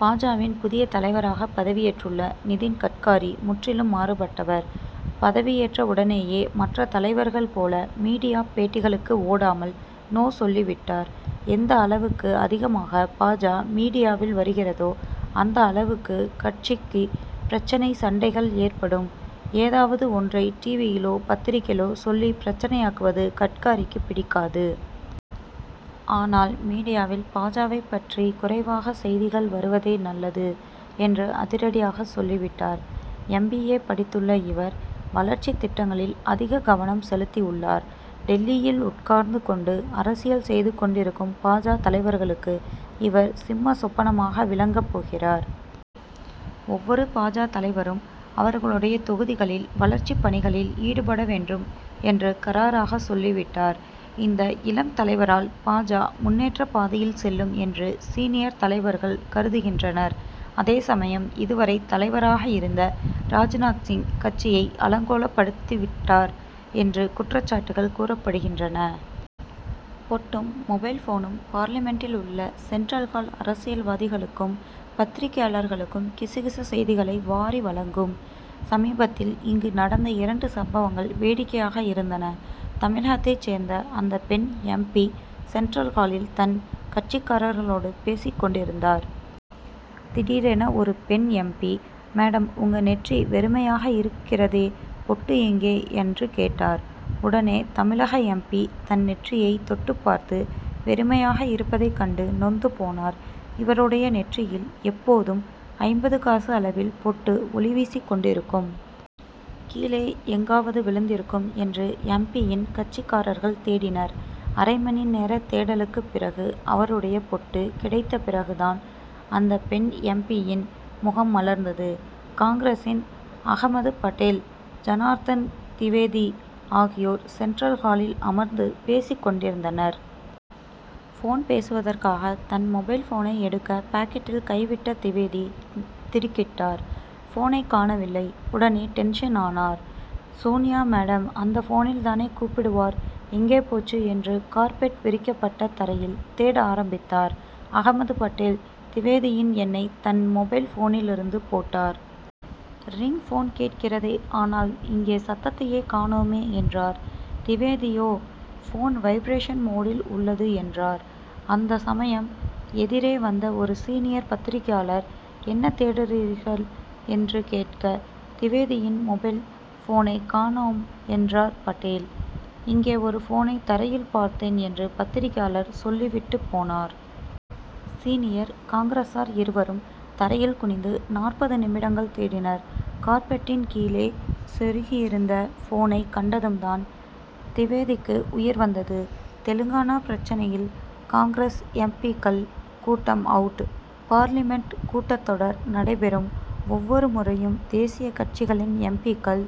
பா. ஜ.,வின் புதிய தலைவராக பதவியேற்றுள்ள நிதின் கட்காரி, முற்றிலும் மாறுபட்டவர். பதவியேற்ற உடனேயே, மற்ற தலைவர்கள் போல, மீடியா பேட்டிகளுக்கு ஓடாமல், நோ சொல்லிவிட்டார். எந்த அளவிற்கு அதிகமாக பா. ஜ., மீடியாவில் வருகிதோ, அந்த அளவிற்கு கட்சிக்கு பிரச்னை, சண்டைகள் ஏற்படும். ஏதாவது ஒன்றை, டிவியிலோ, பத்திரிகையிலோ சொல்லி பிரச்னையாக்குவது, கட்காரிக்கு பிடிக்காது. அதனால் மீடியாவில், பா. ஜ.,வைப் பற்றி குறைவாக செய்திகள் வருவதே நல்லது என்று அதிரடியாக சொல்லிவிட்டார். எம். பி. ஏ., படித்துள்ள இவர், வளர்ச்சித் திட்டங்களில் அதிக கவனம் செலுத்த உள்ளார். டில்லியில் உட்கார்ந்து கொண்டு அரசியல் செய்து கொண்டிருக்கும் பா. ஜ., தலைவர்களுக்கு இவர், சிம்ம சொப்பனமாக விளங்கப் போகிறார். ஒவ்வொரு பா. ஜ., தலைவரும், அவர்களுடைய தொகுதிகளில், வளர்ச்சிப் பணிகளில் ஈடுபட வேண்டும் என்று கறாராக சொல்லிவிட்டார். இந்த இளம் தலைவரால், பா. ஜ., முன்னேற்றப் பாதையில் செல்லும் என்று, சீனியர் தலைவர்கள் கருதுகின்றனர். அதே சமயம், இதுவரை தலைவராக இருந்த ராஜ்நாத் சிங், கட்சியை அலங்கோலப்படுத்தி விட்டார் என்று குற்றச்சாட்டுகள் கூறப்படுகின்றன. பொட்டும் மொபைல் போனும்: பார்லிமென்டில் உள்ள சென்ட்ரல் ஹால், அரசியல்வாதிகளுக்கும், பத்திரிகையாளர்களுக்கும், கிசு கிசு செய்திகளை வாரி வழங்கும். சமீபத்தில் இங்கு நடந்த இரண்டு சம்பவங்கள், வேடிக்கையாக இருந்தன. தமிழகத்தைச் சேர்ந்த அந்த பெண் எம். பி., சென்ட்ரல் ஹாலில், தன் கட்சிக்காரர்களோடு பேசிக் கொண்டிருந்தார். திடீரென ஒரு பெண் எம். பி., மேடம்உங்க நெற்றி வெறுமையாக இருக்கிறதேபொட்டு எங்கே? என்று கேட்டார். உடனே தமிழக எம். பி., தன் நெற்றியைத் தொட்டு பார்த்து, வெறுமையாக இருப்பதைக் கண்டு நொந்து போனார். இவருடைய நெற்றியில் எப்போதும், ஐம்பது காசு அளவில் பொட்டு, ஒளி வீசிக் கொண்டிருக்கும். கீழே எங்காவது விழுந்திருக்கும் என்று, எம். பி.,யின் கட்சிக்காரர்கள் தேடினர். அரை மணி நேர தேடுதலுக்குப் பிறகு, அவருடைய பொட்டு கிடைத்த பிறகு தான், அந்த பெண் எம். பி.,யின் முகம் மலர்ந்தது. காங்கிரசின் அகமது பட்டேல், ஜனார்த்தன் திவேதி ஆகியோர், சென்ட்ரல் ஹாலில் அமர்ந்து பேசிக் கொண்டிருந்தனர். போன் பேசுவதற்காக, தன் மொபைல் போனை எடுக்க பாக்கெட்டில் கை விட்ட திவேதி, திடுக்கிட்டார். போனைக் காணவில்லை. உடனே டென்ஷன் ஆனார். சோனியா மேடம் அந்த போனில் தானே கூப்பிடுவார்எங்கே போச்சு என்று, கார்பெட் விரிக்கப்பட்ட தரையில் தேட ஆரம்பித்தார். அகமது பட்டேல், திவேதியின் எண்ணை தன் மொபைல் போனிலிருந்து போட்டார். ரிங் போன் கேட்கிறதேஆனால் இங்கே சத்தத்தையே காணோமே என்றார். திவேதியோபோன் வைப்ரேஷன் மோடில் உள்ளது என்றார். அந்த சமயம் எதிரே வந்த ஒரு சீனியர் பத்திரிகையாளர், என்ன தேடுகிறீர்கள்' என்று கேட்க, திவேதியின் மொபைல் போனைக் காணோம் என்றார் பட்டேல். இங்கே ஒரு போனை தரையில் பார்த்தேன் என்று பத்திரிகையாளர் சொல்லிவிட்டுப் போனார். சீனியர் காங்கிரசார் இருவரும், தரையில் குனிந்து நாற்பது நிமிடங்கள் தேடினர். கார்பெட்டின் கீழே செருகியிருந்த போனைக் கண்டதும் தான், திவேதிக்கு உயிர் வந்தது. தெலுங்கானா பிரச்னையால் காங்., எம். பி.,க்கள் கூட்டம் அவுட்: பார்லிமென்ட் கூட்டத்தொடர் நடைபெறும் ஒவ்வொரு முறையும், தேசிய கட்சிகளின் எம். பி.,க்கள்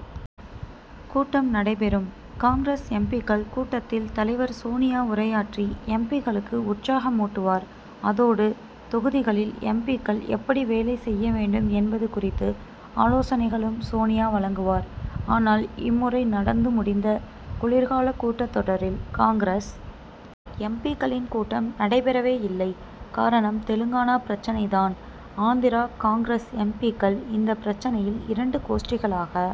கூட்டம் நடைபெறும். காங்கிரஸ் எம். பி.,க்கள் கூட்டத்தில் தலைவர் சோனியா உரையாற்றி, எம். பி.,க்களுக்கு உற்சாகமூட்டுவார். அதோடு, தொகுதிகளில், எம். பி.,க்கள் எப்படி வேலை செய்ய வேண்டும் என்பது குறித்து, ஆலோசனைகளையும் சோனியா வழங்குவார். ஆனால், இம்முறை நடந்து முடிந்த குளிர்கால கூட்டத்தொடரில், காங்கிரஸ் எம். பி.,க்களின் கூட்டம் நடைபெறவேயில்லை. காரணம், தெலுங்கானா பிரச்னை தான். ஆந்திர காங்கிரஸ் எம். பி.,க்கள், இந்த பிரச்னையில் இரண்டு கோஷ்டிகளாக